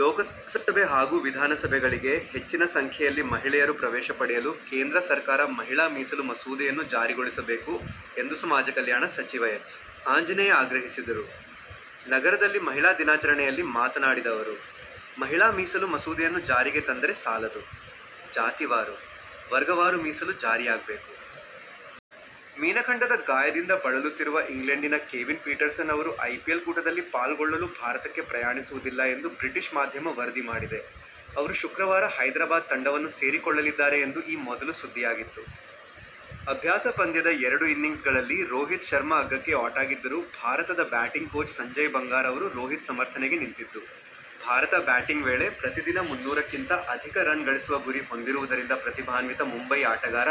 ಲೋಕಸಭೆ ಹಾಗೂ ವಿಧಾನಸಭೆಗಳಿಗೆ ಹೆಚ್ಚಿನ ಸಂಖ್ಯೆಯಲ್ಲಿ ಮಹಿಳೆಯರು ಪ್ರವೇಶಪಡೆಯಲು ಕೇಂದ್ರ ಸರ್ಕಾರ ಮಹಿಳಾ ಮೀಸಲು ಮಸೂದೆಯನ್ನು ಜಾರಿಗೊಳಿಸಬೇಕು ಎಂದುಸಮಾಜಕಲ್ಯಾಣ ಸಚಿವ ಎಚ್. ಆಂಜನೇಯ ಆಗ್ರಹಿಸಿದರು. ನಗರದಲ್ಲಿ ಮಹಿಳಾ ದಿನಾಚರಣೆಯಲ್ಲಿ ಮಾತನಾಡಿದ ಅವರು, ಮಹಿಳಾ ಮೀಸಲು ಮಸೂದೆಯನ್ನು ಜಾರಿಗೆ ತಂದರೆ ಸಾಲದು, ಜಾತಿವಾರು, ವರ್ಗವಾರು ಮೀಸಲು ಜಾರಿಯಾಗಬೇಕು. ಮೀನಖಂಡದ ಗಾಯದಿಂದ ಬಳಲುತ್ತಿರುವ ಇಂಗ್ಲೆಂಡಿನ ಕೇವಿನ್ ಪೀಟರ್ಸನ್ ಅವರು ಐಪಿಎಲ್ ಕೂಟದಲ್ಲಿ ಪಾಲ್ಗೊಳ್ಳಲು ಭಾರತಕ್ಕೆ ಪ್ರಯಾಣಿಸುವುದಿಲ್ಲ ಎಂದು ಬ್ರಿಟಿಷ್ ಮಾಧ್ಯಮ ವರದಿ ಮಾಡಿದೆ. ಅವರು ಶುಕ್ರವಾರ ಹೈದರಾಬಾದ್ ತಂಡವನ್ನು ಸೇರಿಕೊಳ್ಳಲಿದ್ದಾರೆ ಎಂದು ಈ ಮೊದಲು ಸುದ್ದಿಯಾಗಿತ್ತು. ಅಭ್ಯಾಸ ಪಂದ್ಯದ ಎರಡು ಇನ್ನಿಂಗ್ಸ್ಗಳಲ್ಲಿ ರೋಹಿತ್ ಶರ್ಮ ಅಗ್ಗಕ್ಕೆ ಔಟಾಗಿದ್ದರೂ ಭಾರತದ ಬ್ಯಾಟಿಂಗ್ ಕೋಚ್ ಸಂಜಯ್ ಬಂಗಾರ್ ಅವರು ರೋಹಿತ್ ಸಮರ್ಥನೆಗೆ ನಿಂತಿದ್ದು, ಭಾರತ ಬ್ಯಾಟಿಂಗ್ ವೇಳೆ ಪ್ರತಿದಿನ ಮುನ್ನೂರಕ್ಕಿಂತ ಅಧಿಕ ರನ್ ಗಳಿಸುವ ಗುರಿ ಹೊಂದಿರುವುದರಿಂದ ಪ್ರತಿಭಾನ್ವಿತ ಮುಂಬಯಿ ಆಟಗಾರ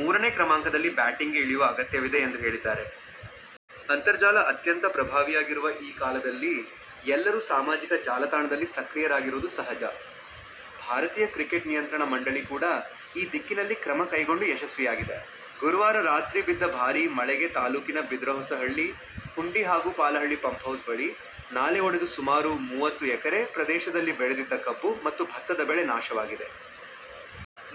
ಮೂರನೇ ಕ್ರಮಾಂಕದಲ್ಲಿ ಬ್ಯಾಟಿಂಗ್ಗೆ ಇಳಿಯುವ ಅಗತ್ಯವಿದೆ ಎಂದು ಹೇಳಿದ್ದಾರೆ. ಅಂತರ್ಜಾಲ ಅತ್ಯಂತ ಪ್ರಭಾವಿಯಾಗಿರುವ ಈ ಕಾಲದಲ್ಲಿ ಎಲ್ಲರೂ ಸಾಮಾಜಿಕ ಜಾಲತಾಣದಲ್ಲಿ ಸಕ್ರಿಯರಾಗಿರುವುದು ಸಹಜ. ಭಾರತೀಯ ಕ್ರಿಕೆಟ್ ನಿಯಂತ್ರಣ ಮಂಡಳಿ ಕೂಡ ಈ ದಿಕ್ಕಿನಲ್ಲಿ ಕ್ರಮ ಕೈಗೊಂಡು ಯಶಸ್ವಿಯಾಗಿದೆ. ಗುರುವಾರ ರಾತ್ರಿ ಬಿದ್ದ ಭಾರಿ ಮಳೆಗೆ ತಾಲೂಕಿನ ಬಿದರಹೊಸಹಳ್ಳಿ ಹುಂಡಿ ಹಾಗೂ ಪಾಲಹಳ್ಳಿ ಪಂಪ್ಹೌಸ್ ಬಳಿ ನಾಲೆ ಒಡೆದು ಸುಮಾರು ಮೂವತ್ತು ಎಕರೆ ಪ್ರದೇಶದಲ್ಲಿ ಬೆಳೆದಿದ್ದ ಕಬ್ಬು ಮತ್ತು ಭತ್ತದ ಬೆಳೆ ನಾಶವಾಗಿದೆ.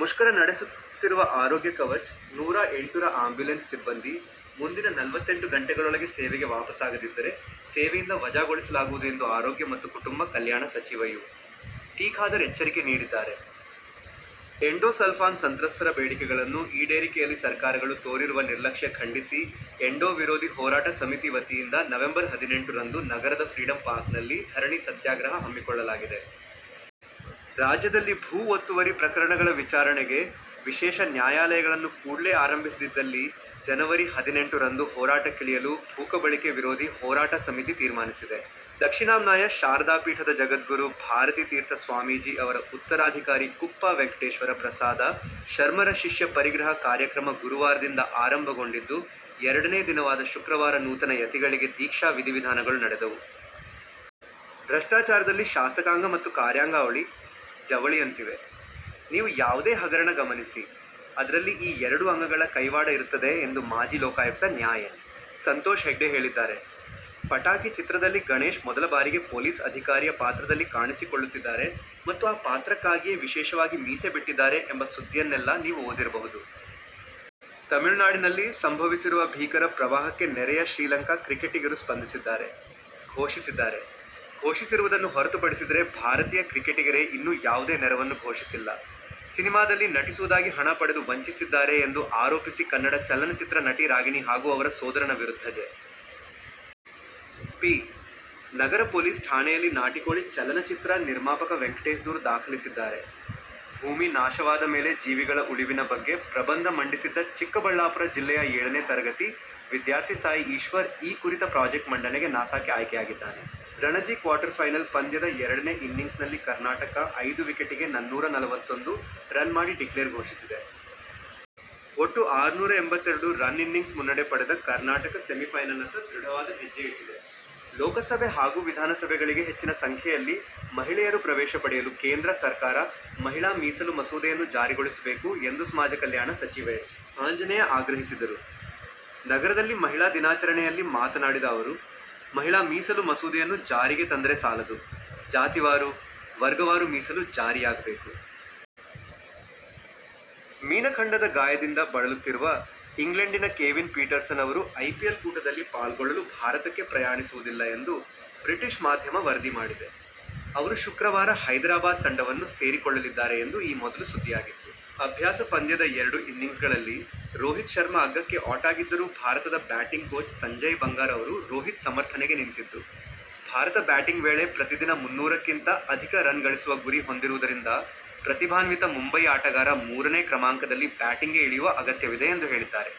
ಮುಷ್ಕರ ನಡೆಸುತ್ತಿರುವ ಆರೋಗ್ಯ ಕವಚ ನೂರಾ ಎಂಟು ರ ಆಂಬ್ಯುಲೆನ್ಸ್ ಸಿಬ್ಬಂದಿ ಮುಂದಿನ ನಲ್ವತ್ತೆಂಟು ಗಂಟೆಗಳೊಳಗೆ ಸೇವೆಗೆ ವಾಪಸಾಗದಿದ್ದರೆ ಸೇವೆಯಿಂದ ವಜಾಗೊಳಿಸಲಾಗುವುದು ಎಂದು ಆರೋಗ್ಯ ಮತ್ತು ಕುಟುಂಬ ಕಲ್ಯಾಣ ಸಚಿವ ಯು. ಟಿ. ಖಾದರ್ ಎಚ್ಚರಿಕೆ ನೀಡಿದ್ದಾರೆ. ಎಂಡೋ ಸಲ್ಫಾನ್ ಸಂತ್ರಸ್ಥರ ಬೇಡಿಕೆಗಳನ್ನು ಈಡೇರಿಕೆಯಲ್ಲಿ ಸರ್ಕಾರಗಳು ತೋರಿರುವ ನಿರ್ಲಕ್ಷ್ಯ ಖಂಡಿಸಿ ಎಂಡೋ ವಿರೋಧಿ ಹೋರಾಟ ಸಮಿತಿ ವತಿಯಿಂದ ನವೆಂಬರ್ ಹದಿನೆಂಟು ರಂದು ನಗರದ ಫ್ರೀಡಂ ಪಾರ್ಕ್ನಲ್ಲಿ ಧರಣಿ ಸತ್ಯಾಗ್ರಹ ಹಮ್ಮಿಕೊಳ್ಳಲಾಗಿದೆ. ರಾಜ್ಯದಲ್ಲಿ ಭೂ ಒತ್ತುವರಿ ಪ್ರಕರಣಗಳ ವಿಚಾರಣೆಗೆ ವಿಶೇಷ ನ್ಯಾಯಾಲಯಗಳನ್ನು ಕೂಡಲೇ ಆರಂಭಿಸದಿದ್ದಲ್ಲಿ ಜನವರಿ ಹದಿನೆಂಟು ರಂದು ಹೋರಾಟಕ್ಕಿಳಿಯಲು ಭೂಕಬಳಿಕೆ ವಿರೋಧಿ ಹೋರಾಟ ಸಮಿತಿ ತೀರ್ಮಾನಿಸಿದೆ. ದಕ್ಷಿಣಾಮ್ನಾಯ ಶಾರದಾಪೀಠದ ಜಗದ್ಗುರು ಭಾರತೀ ತೀರ್ಥ ಸ್ವಾಮೀಜಿ ಅವರ ಉತ್ತರಾಧಿಕಾರಿ ಕುಪ್ಪಾ ವೆಂಕಟೇಶ್ವರ ಪ್ರಸಾದ ಶರ್ಮರ ಶಿಷ್ಯ ಪರಿಗ್ರಹ ಕಾರ್ಯಕ್ರಮ ಗುರುವಾರದಿಂದ ಆರಂಭಗೊಂಡಿದ್ದು ಎರಡನೇ ದಿನವಾದ ಶುಕ್ರವಾರ ನೂತನ ಯತಿಗಳಿಗೆ ದೀಕ್ಷಾ ವಿಧಿವಿಧಾನಗಳು ನಡೆದವು. ಭ್ರಷ್ಟಾಚಾರದಲ್ಲಿ ಶಾಸಕಾಂಗ ಮತ್ತು ಕಾರ್ಯಾಂಗ ಅವಳಿ- ಜವಳಿಯಂತಿವೆ. ನೀವು ಯಾವುದೇ ಹಗರಣ ಗಮನಿಸಿ, ಅದರಲ್ಲಿ ಈ ಎರಡು ಅಂಗಗಳ ಕೈವಾಡ ಇರುತ್ತದೆ ಎಂದು ಮಾಜಿ ಲೋಕಾಯುಕ್ತ ನ್ಯಾ ಎನ್. ಸಂತೋಷ್ ಹೆಗ್ಡೆ ಹೇಳಿದ್ದಾರೆ. 'ಪಟಾಕಿ' ಚಿತ್ರದಲ್ಲಿ ಗಣೇಶ್ ಮೊದಲ ಬಾರಿಗೆ ಪೊಲೀಸ್ ಅಧಿಕಾರಿಯ ಪಾತ್ರದಲ್ಲಿ ಕಾಣಿಸಿಕೊಳ್ಳುತ್ತಿದ್ದಾರೆ ಮತ್ತು ಆ ಪಾತ್ರಕ್ಕಾಗಿಯೇ ವಿಶೇಷವಾಗಿ ಮೀಸೆ ಬಿಟ್ಟಿದ್ದಾರೆ ಎಂಬ ಸುದ್ದಿಯನ್ನೆಲ್ಲಾ ನೀವು ಓದಿರಬಹುದು. ತಮಿಳುನಾಡಿನಲ್ಲಿ ಸಂಭವಿಸಿರುವ ಭೀಕರ ಪ್ರವಾಹಕ್ಕೆ ನೆರೆಯ ಶ್ರೀಲಂಕಾ ಕ್ರಿಕೆಟಿಗರು ಸ್ಪಂದಿಸಿದ್ದಾರೆ. ಘೋಷಿಸಿದ್ದಾರೆ. ಘೋಷಿಸಿರುವುದನ್ನು ಹೊರತುಪಡಿಸಿದರೆ ಭಾರತೀಯ ಕ್ರಿಕೆಟಿಗರೇ ಇನ್ನೂ ಯಾವುದೇ ನೆರವನ್ನು ಘೋಷಿಸಿಲ್ಲ. ಸಿನಿಮಾದಲ್ಲಿ ನಟಿಸುವುದಾಗಿ ಹಣ ಪಡೆದು ವಂಚಿಸಿದ್ದಾರೆ ಎಂದು ಆರೋಪಿಸಿ ಕನ್ನಡ ಚಲನಚಿತ್ರ ನಟಿ ರಾಗಿಣಿ ಹಾಗೂ ಅವರ ಸೋದರನ ವಿರುದ್ಧ ಜೆ. ಪಿ. ನಗರ ಪೊಲೀಸ್ ಠಾಣೆಯಲ್ಲಿ ನಾಟಿಕೋಳಿ ಚಲನಚಿತ್ರ ನಿರ್ಮಾಪಕ ವೆಂಕಟೇಶ್ದೂರು ದಾಖಲಿಸಿದ್ದಾರೆ. ಭೂಮಿ ನಾಶವಾದ ಮೇಲೆ ಜೀವಿಗಳ ಉಳಿವಿನ ಬಗ್ಗೆ ಪ್ರಬಂಧ ಮಂಡಿಸಿದ್ದ ಚಿಕ್ಕಬಳ್ಳಾಪುರ ಜಿಲ್ಲೆಯ ಏಳನೇ ತರಗತಿ ವಿದ್ಯಾರ್ಥಿ ಸಾಯಿ ಈಶ್ವರ್ ಈ ಕುರಿತ ಪ್ರಾಜೆಕ್ಟ್ ಮಂಡನೆಗೆ ನಾಸಾಕ್ಕೆ ಆಯ್ಕೆಯಾಗಿದ್ದಾನೆ. ರಣಜಿ ಕ್ವಾರ್ಟರ್ಫೈನಲ್ ಪಂದ್ಯದ ಎರಡನೇ ಇನ್ನಿಂಗ್ಸ್ನಲ್ಲಿ ಕರ್ನಾಟಕ ಐದು ವಿಕೆಟಿಗೆ ನನ್ನೂರ ನಲವತ್ತೊಂದು ರನ್ ಮಾಡಿ ಡಿಕ್ಲೇರ್ ಘೋಷಿಸಿದೆ. ಒಟ್ಟು ಆರುನೂರ ಎಂಬತ್ತೆರಡು ರನ್ ಇನ್ನಿಂಗ್ಸ್ ಮುನ್ನಡೆ ಪಡೆದ ಕರ್ನಾಟಕ ಸೆಮಿಫೈನಲ್ನತ್ತ ದೃಢವಾದ ಹೆಜ್ಜೆ ಇಟ್ಟಿದೆ. ಲೋಕಸಭೆ ಹಾಗೂ ವಿಧಾನಸಭೆಗಳಿಗೆ ಹೆಚ್ಚಿನ ಸಂಖ್ಯೆಯಲ್ಲಿ ಮಹಿಳೆಯರು ಪ್ರವೇಶಪಡೆಯಲು ಕೇಂದ್ರ ಸರ್ಕಾರ ಮಹಿಳಾ ಮೀಸಲು ಮಸೂದೆಯನ್ನು ಜಾರಿಗೊಳಿಸಬೇಕು ಎಂದುಸಮಾಜಕಲ್ಯಾಣ ಸಚಿವ ಎಚ್. ಆಂಜನೇಯ ಆಗ್ರಹಿಸಿದರು. ನಗರದಲ್ಲಿ ಮಹಿಳಾ ದಿನಾಚರಣೆಯಲ್ಲಿ ಮಾತನಾಡಿದ ಅವರು, ಮಹಿಳಾ ಮೀಸಲು ಮಸೂದೆಯನ್ನು ಜಾರಿಗೆ ತಂದರೆ ಸಾಲದು, ಜಾತಿವಾರು, ವರ್ಗವಾರು ಮೀಸಲು ಜಾರಿಯಾಗಬೇಕು. ಮೀನಖಂಡದ ಗಾಯದಿಂದ ಬಳಲುತ್ತಿರುವ ಇಂಗ್ಲೆಂಡಿನ ಕೇವಿನ್ ಪೀಟರ್ಸನ್ ಅವರು ಐಪಿಎಲ್ ಕೂಟದಲ್ಲಿ ಪಾಲ್ಗೊಳ್ಳಲು ಭಾರತಕ್ಕೆ ಪ್ರಯಾಣಿಸುವುದಿಲ್ಲ ಎಂದು ಬ್ರಿಟಿಷ್ ಮಾಧ್ಯಮ ವರದಿ ಮಾಡಿದೆ. ಅವರು ಶುಕ್ರವಾರ ಹೈದರಾಬಾದ್ ತಂಡವನ್ನು ಸೇರಿಕೊಳ್ಳಲಿದ್ದಾರೆ ಎಂದು ಈ ಮೊದಲು ಸುದ್ದಿಯಾಗಿತ್ತು. ಅಭ್ಯಾಸ ಪಂದ್ಯದ ಎರಡು ಇನ್ನಿಂಗ್ಸ್ಗಳಲ್ಲಿ ರೋಹಿತ್ ಶರ್ಮ ಅಗ್ಗಕ್ಕೆ ಔಟಾಗಿದ್ದರೂ ಭಾರತದ ಬ್ಯಾಟಿಂಗ್ ಕೋಚ್ ಸಂಜಯ್ ಬಂಗಾರ್ ಅವರು ರೋಹಿತ್ ಸಮರ್ಥನೆಗೆ ನಿಂತಿದ್ದು, ಭಾರತ ಬ್ಯಾಟಿಂಗ್ ವೇಳೆ ಪ್ರತಿದಿನ ಮುನ್ನೂರಕ್ಕಿಂತ ಅಧಿಕ ರನ್ ಗಳಿಸುವ ಗುರಿ ಹೊಂದಿರುವುದರಿಂದ ಪ್ರತಿಭಾನ್ವಿತ ಮುಂಬಯಿ ಆಟಗಾರ ಮೂರನೇ ಕ್ರಮಾಂಕದಲ್ಲಿ ಬ್ಯಾಟಿಂಗ್ಗೆ ಇಳಿಯುವ ಅಗತ್ಯವಿದೆ ಎಂದು ಹೇಳಿದ್ದಾರೆ.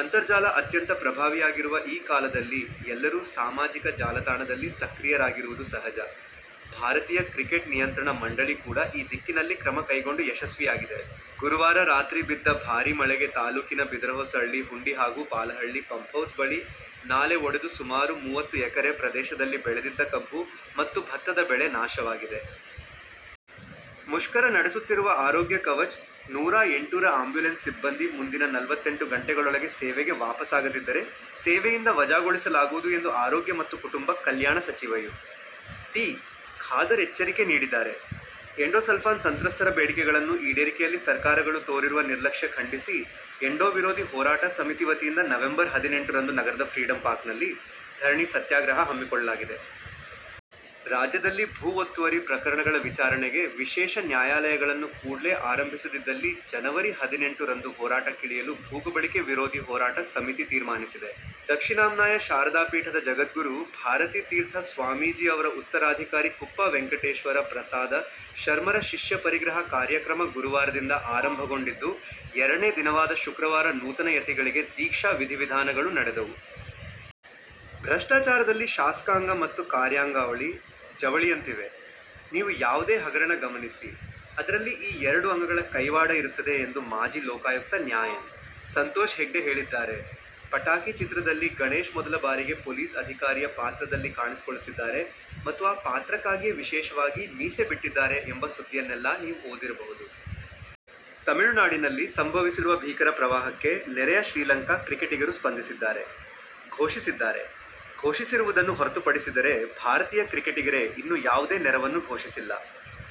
ಅಂತರ್ಜಾಲ ಅತ್ಯಂತ ಪ್ರಭಾವಿಯಾಗಿರುವ ಈ ಕಾಲದಲ್ಲಿ ಎಲ್ಲರೂ ಸಾಮಾಜಿಕ ಜಾಲತಾಣದಲ್ಲಿ ಸಕ್ರಿಯರಾಗಿರುವುದು ಸಹಜ. ಭಾರತೀಯ ಕ್ರಿಕೆಟ್ ನಿಯಂತ್ರಣ ಮಂಡಳಿ ಕೂಡ ಈ ದಿಕ್ಕಿನಲ್ಲಿ ಕ್ರಮ ಕೈಗೊಂಡು ಯಶಸ್ವಿಯಾಗಿದೆ. ಗುರುವಾರ ರಾತ್ರಿ ಬಿದ್ದ ಭಾರಿ ಮಳೆಗೆ ತಾಲೂಕಿನ ಬಿದರಹೊಸಹಳ್ಳಿ ಹುಂಡಿ ಹಾಗೂ ಪಾಲಹಳ್ಳಿ ಪಂಪ್ಹೌಸ್ ಬಳಿ ನಾಲೆ ಒಡೆದು ಸುಮಾರು ಮೂವತ್ತು ಎಕರೆ ಪ್ರದೇಶದಲ್ಲಿ ಬೆಳೆದಿದ್ದ ಕಬ್ಬು ಮತ್ತು ಭತ್ತದ ಬೆಳೆ ನಾಶವಾಗಿದೆ. ಮುಷ್ಕರ ನಡೆಸುತ್ತಿರುವ ಆರೋಗ್ಯ ಕವಚ ನೂರಾ ಎಂಟು ರ ಆಂಬ್ಯುಲೆನ್ಸ್ ಸಿಬ್ಬಂದಿ ಮುಂದಿನ ನಲ್ವತ್ತೆಂಟು ಗಂಟೆಗಳೊಳಗೆ ಸೇವೆಗೆ ವಾಪಸಾಗದಿದ್ದರೆ ಸೇವೆಯಿಂದ ವಜಾಗೊಳಿಸಲಾಗುವುದು ಎಂದು ಆರೋಗ್ಯ ಮತ್ತು ಕುಟುಂಬ ಕಲ್ಯಾಣ ಸಚಿವ ಯು. ಟಿ. ಖಾದರ್ ಎಚ್ಚರಿಕೆ ನೀಡಿದ್ದಾರೆ. ಎಂಡೋ ಸಲ್ಫಾನ್ ಸಂತ್ರಸ್ಥರ ಬೇಡಿಕೆಗಳನ್ನು ಈಡೇರಿಕೆಯಲ್ಲಿ ಸರ್ಕಾರಗಳು ತೋರಿರುವ ನಿರ್ಲಕ್ಷ್ಯ ಖಂಡಿಸಿ ಎಂಡೋ ವಿರೋಧಿ ಹೋರಾಟ ಸಮಿತಿ ವತಿಯಿಂದ ನವೆಂಬರ್ ಹದಿನೆಂಟು ರಂದು ನಗರದ ಫ್ರೀಡಂ ಪಾರ್ಕ್ನಲ್ಲಿ ಧರಣಿ ಸತ್ಯಾಗ್ರಹ ಹಮ್ಮಿಕೊಳ್ಳಲಾಗಿದೆ. ರಾಜ್ಯದಲ್ಲಿ ಭೂ ಒತ್ತುವರಿ ಪ್ರಕರಣಗಳ ವಿಚಾರಣೆಗೆ ವಿಶೇಷ ನ್ಯಾಯಾಲಯಗಳನ್ನು ಕೂಡಲೇ ಆರಂಭಿಸದಿದ್ದಲ್ಲಿ ಜನವರಿ ಹದಿನೆಂಟು ರಂದು ಹೋರಾಟಕ್ಕಿಳಿಯಲು ಭೂಕಬಳಿಕೆ ವಿರೋಧಿ ಹೋರಾಟ ಸಮಿತಿ ತೀರ್ಮಾನಿಸಿದೆ. ದಕ್ಷಿಣಾಮ್ನಾಯ ಶಾರದಾಪೀಠದ ಜಗದ್ಗುರು ಭಾರತೀ ತೀರ್ಥ ಸ್ವಾಮೀಜಿ ಅವರ ಉತ್ತರಾಧಿಕಾರಿ ಕುಪ್ಪಾ ವೆಂಕಟೇಶ್ವರ ಪ್ರಸಾದ ಶರ್ಮರ ಶಿಷ್ಯ ಪರಿಗ್ರಹ ಕಾರ್ಯಕ್ರಮ ಗುರುವಾರದಿಂದ ಆರಂಭಗೊಂಡಿದ್ದು ಎರಡನೇ ದಿನವಾದ ಶುಕ್ರವಾರ ನೂತನ ಯತಿಗಳಿಗೆ ದೀಕ್ಷಾ ವಿಧಿವಿಧಾನಗಳು ನಡೆದವು. ಭ್ರಷ್ಟಾಚಾರದಲ್ಲಿ ಶಾಸಕಾಂಗ ಮತ್ತು ಕಾರ್ಯಾಂಗ ಅವಳಿ- ಜವಳಿಯಂತಿವೆ. ನೀವು ಯಾವುದೇ ಹಗರಣ ಗಮನಿಸಿ, ಅದರಲ್ಲಿ ಈ ಎರಡು ಅಂಗಗಳ ಕೈವಾಡ ಇರುತ್ತದೆ ಎಂದು ಮಾಜಿ ಲೋಕಾಯುಕ್ತ ನ್ಯಾ ಎನ್. ಸಂತೋಷ್ ಹೆಗ್ಡೆ ಹೇಳಿದ್ದಾರೆ. 'ಪಟಾಕಿ' ಚಿತ್ರದಲ್ಲಿ ಗಣೇಶ್ ಮೊದಲ ಬಾರಿಗೆ ಪೊಲೀಸ್ ಅಧಿಕಾರಿಯ ಪಾತ್ರದಲ್ಲಿ ಕಾಣಿಸಿಕೊಳ್ಳುತ್ತಿದ್ದಾರೆ ಮತ್ತು ಆ ಪಾತ್ರಕ್ಕಾಗಿಯೇ ವಿಶೇಷವಾಗಿ ಮೀಸೆ ಬಿಟ್ಟಿದ್ದಾರೆ ಎಂಬ ಸುದ್ದಿಯನ್ನೆಲ್ಲಾ ನೀವು ಓದಿರಬಹುದು. ತಮಿಳುನಾಡಿನಲ್ಲಿ ಸಂಭವಿಸಿರುವ ಭೀಕರ ಪ್ರವಾಹಕ್ಕೆ ನೆರೆಯ ಶ್ರೀಲಂಕಾ ಕ್ರಿಕೆಟಿಗರು ಸ್ಪಂದಿಸಿದ್ದಾರೆ. ಘೋಷಿಸಿದ್ದಾರೆ. ಘೋಷಿಸಿರುವುದನ್ನು ಹೊರತುಪಡಿಸಿದರೆ ಭಾರತೀಯ ಕ್ರಿಕೆಟಿಗರೇ ಇನ್ನೂ ಯಾವುದೇ ನೆರವನ್ನು ಘೋಷಿಸಿಲ್ಲ.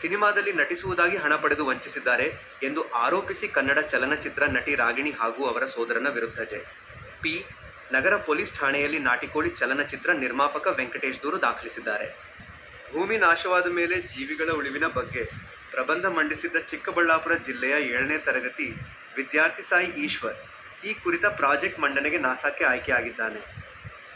ಸಿನಿಮಾದಲ್ಲಿ ನಟಿಸುವುದಾಗಿ ಹಣ ಪಡೆದು ವಂಚಿಸಿದ್ದಾರೆ ಎಂದು ಆರೋಪಿಸಿ ಕನ್ನಡ ಚಲನಚಿತ್ರ ನಟಿ ರಾಗಿಣಿ ಹಾಗೂ ಅವರ ಸೋದರನ ವಿರುದ್ಧ ಜೆ. ಪಿ. ನಗರ ಪೊಲೀಸ್ ಠಾಣೆಯಲ್ಲಿ ನಾಟಿಕೋಳಿ ಚಲನಚಿತ್ರ ನಿರ್ಮಾಪಕ ವೆಂಕಟೇಶ್ದೂರು ದಾಖಲಿಸಿದ್ದಾರೆ. ಭೂಮಿ ನಾಶವಾದ ಮೇಲೆ ಜೀವಿಗಳ ಉಳಿವಿನ ಬಗ್ಗೆ ಪ್ರಬಂಧ ಮಂಡಿಸಿದ್ದ ಚಿಕ್ಕಬಳ್ಳಾಪುರ ಜಿಲ್ಲೆಯ ಏಳನೇ ತರಗತಿ ವಿದ್ಯಾರ್ಥಿ ಸಾಯಿ ಈಶ್ವರ್ ಈ ಕುರಿತ ಪ್ರಾಜೆಕ್ಟ್ ಮಂಡನೆಗೆ ನಾಸಾಕ್ಕೆ ಆಯ್ಕೆಯಾಗಿದ್ದಾನೆ.